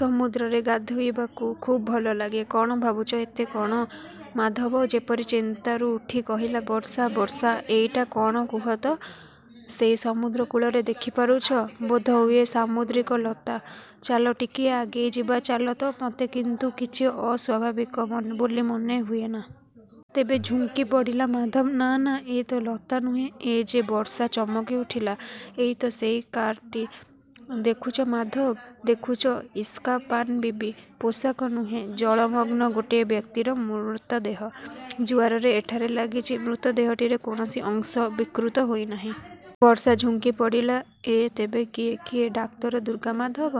ସମୁଦ୍ରରେ ଗାଧୋଇବାକୁ ଖୁବ୍ ଭଲ ଲାଗେ। କଣ ଭାବୁଛ ଏତେ କଣ? ମାଧବ ଯେପରି ଚିନ୍ତାରୁ ଉଠି କହିଲା, ବର୍ଷା, ବର୍ଷା, ଏଇଟା କଣ କୁହ ତ? ସେଇ ସମୁଦ୍ର କୂଳରେ ଦେଖିପାରୁଛ? ବୋଧହୁଏ ସାମୁଦ୍ରିକ ଲତା। ଚାଲ ଟିକିଏ ଆଗେଇଯିବା, ଚାଲ ତ। ମୋତେ କିନ୍ତୁ କିଛି ଅସ୍ୱାଭାବିକ ମନ୍ ବୋଲି ମନେହୁଏନା। ତେବେ ଝୁଙ୍କିପଡ଼ିଲା ମାଧବ, ନା, ନା, ଏ ତ ଲତା ନୁହେଁ, ଏ ଯେ ବର୍ଷା ଚମକିଉଠିଲା, ଏଇ ତ ସେଇ କାର୍ଡ଼ଟି! ଦେଖୁଛ ମାଧବ, ଦେଖୁଛ, ଇସ୍କାପାନ ବିବି! ପୋଷାକ ନୁହେଁ, ଜଳମଗ୍ନ ଗୋଟିଏ ବ୍ୟକ୍ତିର ମୃତଦେହ। ଜୁଆରରେ ଏଠାରେ ଲାଗିଛି। ମୃତଦେହଟିରେ କୌଣସି ଅଂଶ ବିକୃତ ହୋଇନାହିଁ। ବର୍ଷା ଝୁଙ୍କିପଡ଼ିଲା। ଏ ତେବେ କିଏ? କିଏ? ଡାକ୍ତର ଦୁର୍ଗାମାଧବ!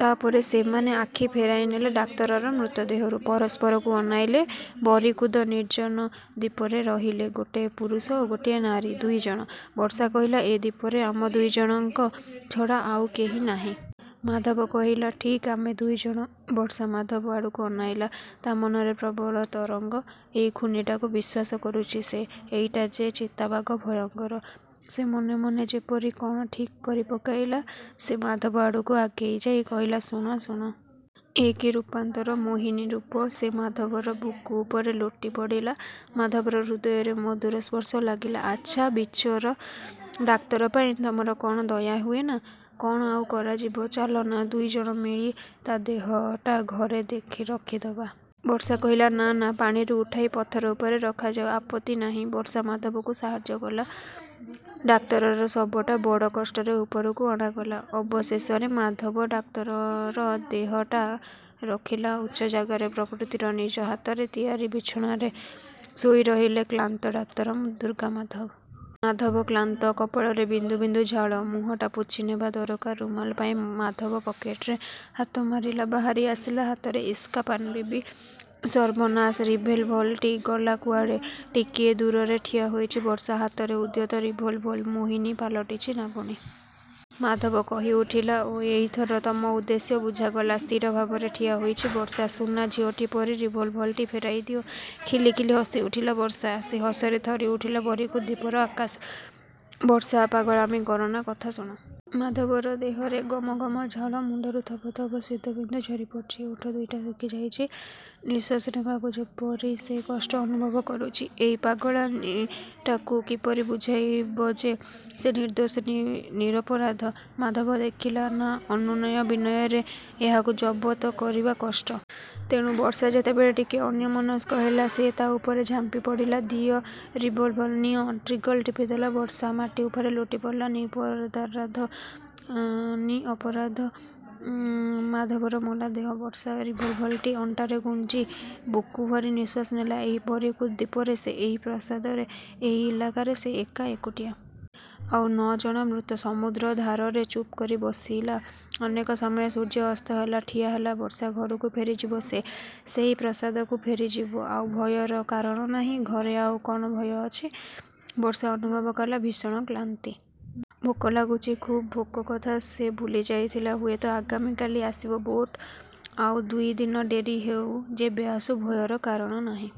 ତା ପରେ ସେମାନେ ଆଖି ଫେରାଇନେଲେ ଡାକ୍ତରର ମୃତଦେହରୁ। ପରସ୍ପରକୁ ଅନାଇଲେ। ବରିକୁଦ ନିର୍ଜନ ଦ୍ୱୀପରେ ରହିଲେ ଗୋଟେ ପୁରୁଷ ଓ ଗୋଟିଏ ନାରୀ, ଦୁଇ ଜଣ! ବର୍ଷା କହିଲା, ଏ ଦ୍ଵୀପରେ ଆମ ଦୁଇ ଜଣଙ୍କ ଛଡ଼ା ଆଉ କେହି ନାହିଁ। ମାଧବ କହିଲା, ଠିକ୍ ଆମେ ଦୁଇ ଜଣ। ବର୍ଷା ମାଧବ ଆଡ଼କୁ ଅନାଇଲା। ତା ମନରେ ପ୍ରବଳ ତରଙ୍ଗ, ଏଇ ଖୁନୀଟାକୁ ବିଶ୍ୱାସ କରୁଚି ସେ! ଏଇଟା ଯେ ଚିତାବାଘ ଭୟଙ୍କର। ସେ ମନେ ମନେ ଯେପରି କଣ ଠିକ୍ କରିପକାଇଲା। ସେ ମାଧବ ଆଡ଼କୁ ଆଗେଇଯାଇ କହିଲା, ଶୁଣ, ଶୁଣ। ଏ କି ରୂପାନ୍ତର! ମୋହିନୀ ରୂପ! ସେ ମାଧବର ବୁକୁ ଉପରେ ଲୋଟିପଡ଼ିଲା। ମାଧବର ହୃଦୟରେ ମଧୁର ସ୍ପର୍ଶ ଲାଗିଲା। ଆଚ୍ଛା, ବିଚରା ଡାକ୍ତର ପାଇଁ ତମର କଣ ଦୟା ହୁଏନା? କଣ ଆଉ କରାଯିବ? ଚାଲ ନା, ଦୁଇ ଜଣ ମିଳି ତା ଦେହଟା ଘରେ ଦେଖି ରଖିଦେବା। ବର୍ଷା କହିଲା, ନା, ନା। ପାଣିରୁ ଉଠାଇ ପଥର ଉପରେ ରଖାଯାଉ। ଆପତ୍ତି ନାହିଁ। ବର୍ଷା ମାଧବକୁ ସାହାଯ୍ୟ କଲା। ଡାକ୍ତରର ଶବଟା ବଡ଼ କଷ୍ଟରେ ଉପରକୁ ଅଣାଗଲା। ଅବଶେଷରେ ମାଧବ ଡାକ୍ତରର ଦେହଟା ରଖିଲା ଉଚ୍ଚ ଜାଗାରେ। ପ୍ରକୃତିର ନିଜ ହାତରେ ତିଆରି ବିଛଣାରେ ଶୋଇରହିଲେ କ୍ଳାନ୍ତ ଡାକ୍ତର ଦୁର୍ଗାମାଧବ। ମାଧବ କ୍ଳାନ୍ତ। କପାଳରେ ବିନ୍ଦୁ ବିନ୍ଦୁ ଝାଳ। ମୁହଁଟା ପୋଛିନେବା ଦରକାର। ରୁମାଲ ପାଇଁ ମାଧବ ପକେଟରେ ହାତ ମାରିଲା। ବାହାରିଆସିଲା ହାତରେ ଇସ୍କାପାନ ବିବି। ସର୍ବନାଶ! ରିଭେଲଭଲ ଟି ଗଲା କୁଆଡ଼େ? ଟିକିଏ ଦୂରରେ ଠିଆ ହୋଇଛି ବର୍ଷା। ହାତରେ ଉଦ୍ୟତ ରିଭଲଭଲ! ମୋହିନୀ ପାଲଟିଛି ନାଗୁଣୀ। ମାଧବ କହିଉଠିଲା, ଓ! ଏଇଥର ତମ ଉଦ୍ଦେଶ୍ୟ ବୁଝାଗଲା। ସ୍ଥିର ଭାବରେ ଠିଆ ହୋଇଛି ବର୍ଷା। ସୁନା ଝିଅଟି ପରି ରିଭଲଭଲ ଟି ଫେରାଇଦିଅ। ଖିଲି ଖିଲି ହସିଉଠିଲା ବର୍ଷା। ସେ ହସରେ ଥରିଉଠିଲା ବରିକୁଦ ଦ୍ଵୀପର ଆକାଶ। ବର୍ଷା, ପାଗଳାମି କରନା। କଥା ଶୁଣ। ମାଧବର ଦେହରେ ଗମ ଗମ ଝାଳ। ମୁଣ୍ଡରୁ ଥପ ଥପ ସ୍ୱେଦବିନ୍ଦୁ ଝରିପଡ଼ୁଛି। ଓଠ ଦୁଇଟା ଶୁଖିଯାଇଛି। ନିଶ୍ୱାସ ନେବାକୁ ଯେପରି ସେ କଷ୍ଟ ଅନୁଭବ କରୁଛି। ଏହି ପାଗଳାନୀଟାକୁ କିପରି ବୁଝାଇବ ଯେ ସେ ନିର୍ଦ୍ଦୋଷ ନି ନିରପରାଧ! ମାଧବ ଦେଖିଲା, ନା ଅନୁନୟ ବିନୟରେ ଏହାକୁ ଜବତ କରିବା କଷ୍ଟ। ତେଣୁ ବର୍ଷା ଯେତେବେଳେ ଟିକିଏ ଅନ୍ୟମନସ୍କ ହେଲା, ସେ ତା ଉପରେ ଝାମ୍ପିପଡ଼ିଲା ଦିଅ ରିଭଲଭଲ। ନିଅ। ଟ୍ରିଗଲ ଟିପିଦେଲା ବର୍ଷା। ମାଟି ଉପରେ ଲୋଟିପଡ଼ିଲା ନିପରଦାରାଧ ଅଁ ନିଅପରାଧ ଉଁ ମାଧବର ମଲାଦେହ। ବର୍ଷା ରିଭଲଭଲ ଟି ଅଣ୍ଟାରେ ଗୁଞ୍ଜି ବୁକୁ ଭରି ନିଃଶ୍ୱାସ ନେଲା। ଏହି ବରିକୁଦ ଦ୍ଵୀପରେ ଏହି ପ୍ରାସାଦରେ ଏହି ଇଲାକାରେ ସେ ଏକା, ଏକୁଟିଆ। ଆଉ ନଅ ଜଣ ମୃତ। ସମୁଦ୍ର ଧାରରେ ଚୁପକରି ବସିଲା ଅନେକ ସମୟ। ସୂର୍ଯ୍ୟ ଅସ୍ତ ହେଲା। ଠିଆ ହେଲା ବର୍ଷା। ଘରକୁ ଫେରିଯିବ ସେ। ସେହି ପ୍ରାସାଦକୁ ଫେରିଯିବ। ଆଉ ଭୟର କାରଣ ନାହିଁ। ଘରେ ଆଉ କଣ ଭୟ ଅଛି? ବର୍ଷା ଅନୁଭବ କଲା ଭୀଷଣ କ୍ଳାନ୍ତି। ଭୋକ ଲାଗୁଛି ଖୁବ୍। ଭୋକ କଥା ସେ ଭୁଲିଯାଇଥିଲା। ହୁଏତ ଆଗାମୀ କାଲି ଆସିବ ବୋଟ। ଆଉ ଦୁଇ ଦିନ ଡେରି ହେଉ। ଯେବେ ଆସୁ, ଭୟର କାରଣ ନାହିଁ।